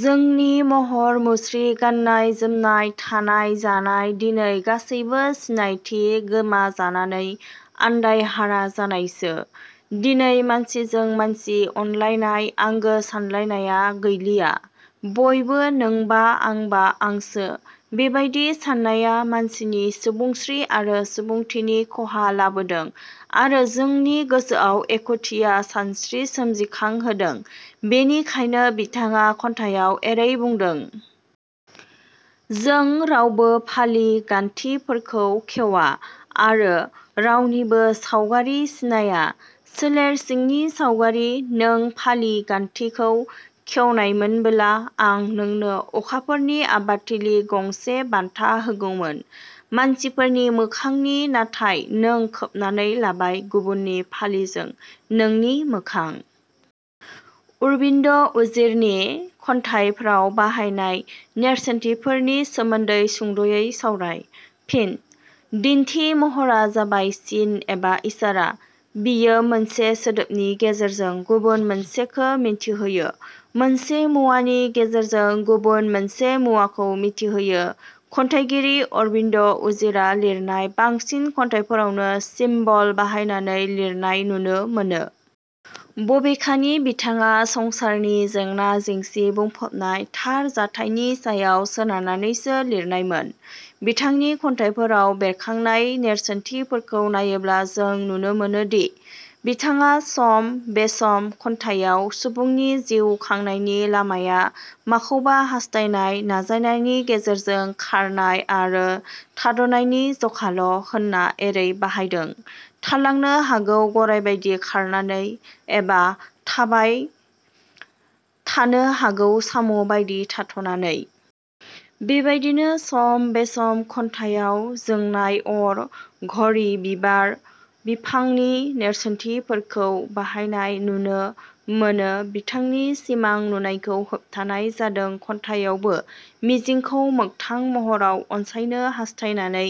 जोंनि महर मुस्रि, गाननाय जोमनाय, थानाय जानाय दिनै गासैबो सिनायथि गोमाजानानै आन्दायहारा जानायसो दिनै मानसिजों मानसि अनलायनाय, आंगो सानलायनाया गैलिया। बयबो नोंबा आंबा आंसो बेबादि साननाया मानसिनि सुबुंस्रि आरो सुबुंथिनि खहा लाबोदों आरो जोंनि गोसोआव एखुथिया सानस्रि सोमजिखाहोदों बेनिखायनो बिथाङा खन्थाइयाव एरै बुदों-। जों रावबो फालि गान्थिफोरखौ खेउवा आरो रावनिबो साउगारि सिनाया। सोलेर सिंनि साउगारि नों फालि गान्थिखौ खेवनायमोनबोला आं नोंनो अखाफोरनि आबादथिलि गंसे बान्था होगौमोन मानसिफोरनि मोखांनि नाथाय नों खोबनानै लाबाय गुबुननि फालिजों नोंनि मोखां। अरविन्द उजिरनि खन्थाइफ्राव बाहायनाय नेरसोनथिफोर नि सोमोन्दै सुंदवै सावराय। फिन: दिन्थि महरा जाबाय सिन एबा इसारा बेयो मोनसे सोदोबनि गेजेरजों गुबुन मोनसेखो मिथिहोयो। मोनसे मुवानि गेजेरजों गुबुन मोनसे मुवाखौ मिथिहोयो। खन्थाइगिरि अरबिन्द उजिरा लिरनाय बांसिन खन्थाइफोरावनो सिम्बल बाहायनानै लिरनाय नुनो मोनो। बबेखानि बिथाङा संसारनि जेंना-जेंसि बुंफबनाय थार जाथाइनि सायाव सोनारनानैसो लिरनायमोन। बिथांनि खन्थाइफोराव बेरखांनाय नेरसोनथिफोरखौ नायोब्ला जों नुनो मोनोदि बिथाङा सम बेसम' खन्थाइयाव सुबुंनि जिव खांनायनि लामाया माखौबा हास्थायनाय नाजानायनि गेजेरजों खारनाय आरो थाद'नायनि जखाल' होनना एरै बाहायदों- थालांनो हागौ गराइबादि खारनानै एबा थांबाय थानो हागौ साम 'बादि थाथ'नानै। " बेबादिनो 'सम बेसम' खन्थाइयाव जोंनाय अर घरि बिबार – बिफांनि नेरसोनथिफोरखौ बाहायनाय नुनो मोनो बिथांनि सिमां नुनायखौ होबथानाय जादों खन्थायावबो मिजिंखौ मोखथां महराव अनसायनो हास्थायनानै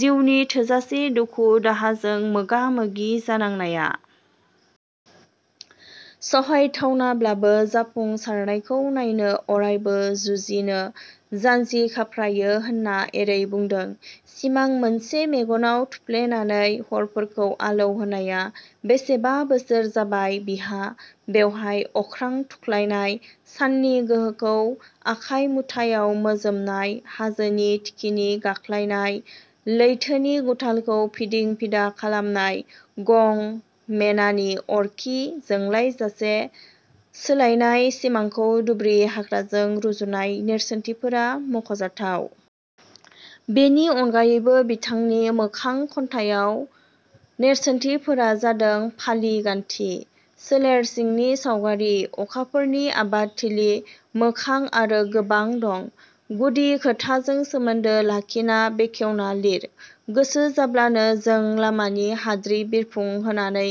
जिउनि थोजासे दुखु दाहाजों मोगा मोग जानांनाया सहायथावनाब्लाबो जाफुं -सारनायखौ नायनो अरायबो जुजिनो जानजिखाफ्रायो होनना एरै बुंदों- "सिमां मोनसे मेगनाव थुफ्लेनानै हरफोरखौ आलौ होनाया बेसेबा बोसोर जाबाय बिहा बेवहाय अख्रां थुख्लायनाय, साननि गोहोखौ आखाय मुथायाव मोजोमनाय हाजोनि थिखिनि गाख्लायनाय, लेथोनि गुथालखौ फिदिं फिदा खालामनाय, गं मेनानि अरखि जोंलायजासे सोलायनाय सिमांखौ दुब्रि हाग्राजों रुजुनाय नेरसोनथिफोरा मखजाथाव। बेनि अनगायैबो बिथांनि 'मोखां' खन्थाइयाव नेरसोनथिफोरा जादों फालि गान्थि, सोलेरसिंनि सावगारि, अखाफोरनि आबादथिलि, मोखां आरो गोबां दं। गुदि खोथाजों सोमोन्दो लाखिना बेखेवना लिर। "गोसो जाब्लानो जों लामानि हाद्रि-बिरफुं होनानै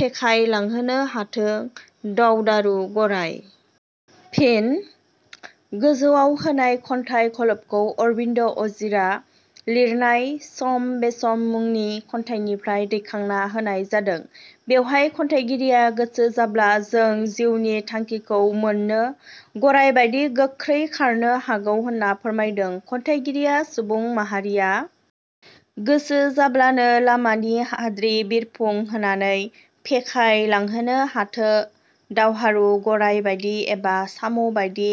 फेखाय लांहोनो हाथो दावदारु गराइ। " फिन: गोजौवाव होनाय खनथाइ खलबखौ अरबिन्द उजिरा लिरनाय सम बेसम' मुंनि खन्थाइनिफ्राइ दैखांना होनाय जादों। बेवहाय खन्थाइगिरिया गोसो जाब्ला जों जिउनि थांखिखौ मोननो गराइबादि गोख्रैबो खारनो हागौ होनना फोरमायदों। खन्थाइगिरिया सुबुं माहारिया गोसो जाब्लानो लामानि हाद्रि बिरफुं होनानै फेखाय लांहोनो हाथो दावहारु गराइबादि एबा साम' बादि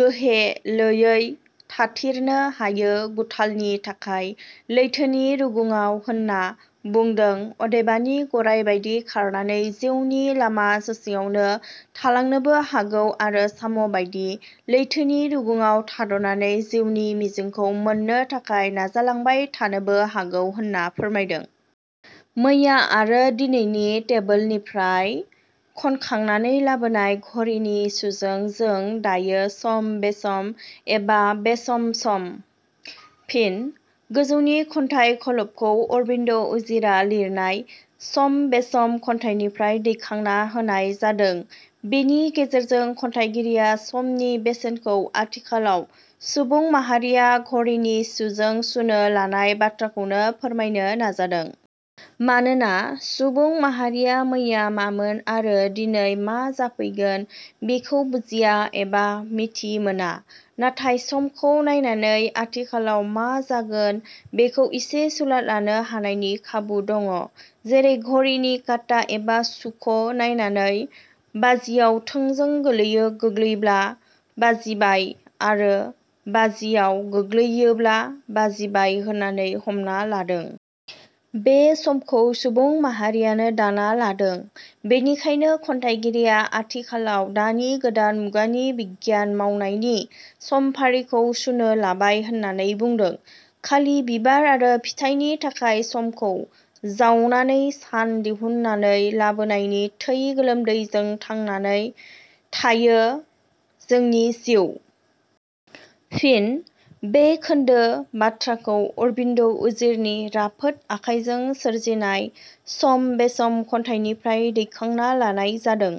गोहेलोयै थाथिरनो हायो गुथालनि थाखाय लैथोनि रुगुङाव होनना बुंदों अदेबानि गराइबादि खारनानै जिउनि लामा ससेयावनो थालांनोबो हागौ आरो साम' बादि लैथोनि रुगुङाव थाद'नानै जिउनि मिजिंखौ मोननो थाखाय नाजालांबाय थानोबो हागौ होनना फोरमायदों। "मैया आरो दिनैनि टेबोलनिफ्राय खनखांनानै लाबोनाय धरिनि सुजों जों दायो सम-बेसम एवा बेसम सम। " फिन: गोजौनि खन्थाइ खलबखौ अरबिन्द उजिरा लिरनाय 'सम बेसम' खन्थाइनिफ्राय दैखांना होनाय जादों। बेनि गेजेरजों खन्थाइगिरिया समनि बेसेनखौ आथिखालाव सुबुं माहारिया घरिनि सुजों सुनो लानाय बाथ्राखौनो फोरमायनो नाजादों। मानोना सुबुं माहारिया मैया मामोन आरो दिनै मा जाफैगोन बेखौ बुजिया एबा मिथिमोना। नाथाय समखौ नायनानै आथिखालाव मा जागोन बेखो इसे सुलाद लानो हानायनि खाबु दङ। जेरै घरिनि काटा एबा सुख नायनानै बाजियाव थोंजों गोग्लैयोब्ला बाजिबाय आरो बाजियाव गोग्लैयोब्ला बाजिबाय होननानै हमना लादों। बे समखौ सुबुं माहारियानो दाना लादों। बेनिखायनो खन्थाइगिरिया आथिखालाव दानि गोदान मुगानि बिगियान मावनायनि समफारिखौ सुनो लाबाय होननानै बुंदों। खालि बिबार आरो फिथायनि थाखाय समखौ जावनानै सान दिहुननानै लाबोनायनि थै गोलोमदैजों थांनानै थायो जोंनि जिव। फिन: बे खोन्दो बाथ्राखौ अरबिन्द उजिरनि राफोद आखायजों सोरजिनाय 'सम बेसम' खन्थाइनिफ्राय दैखांना लानाय जादों।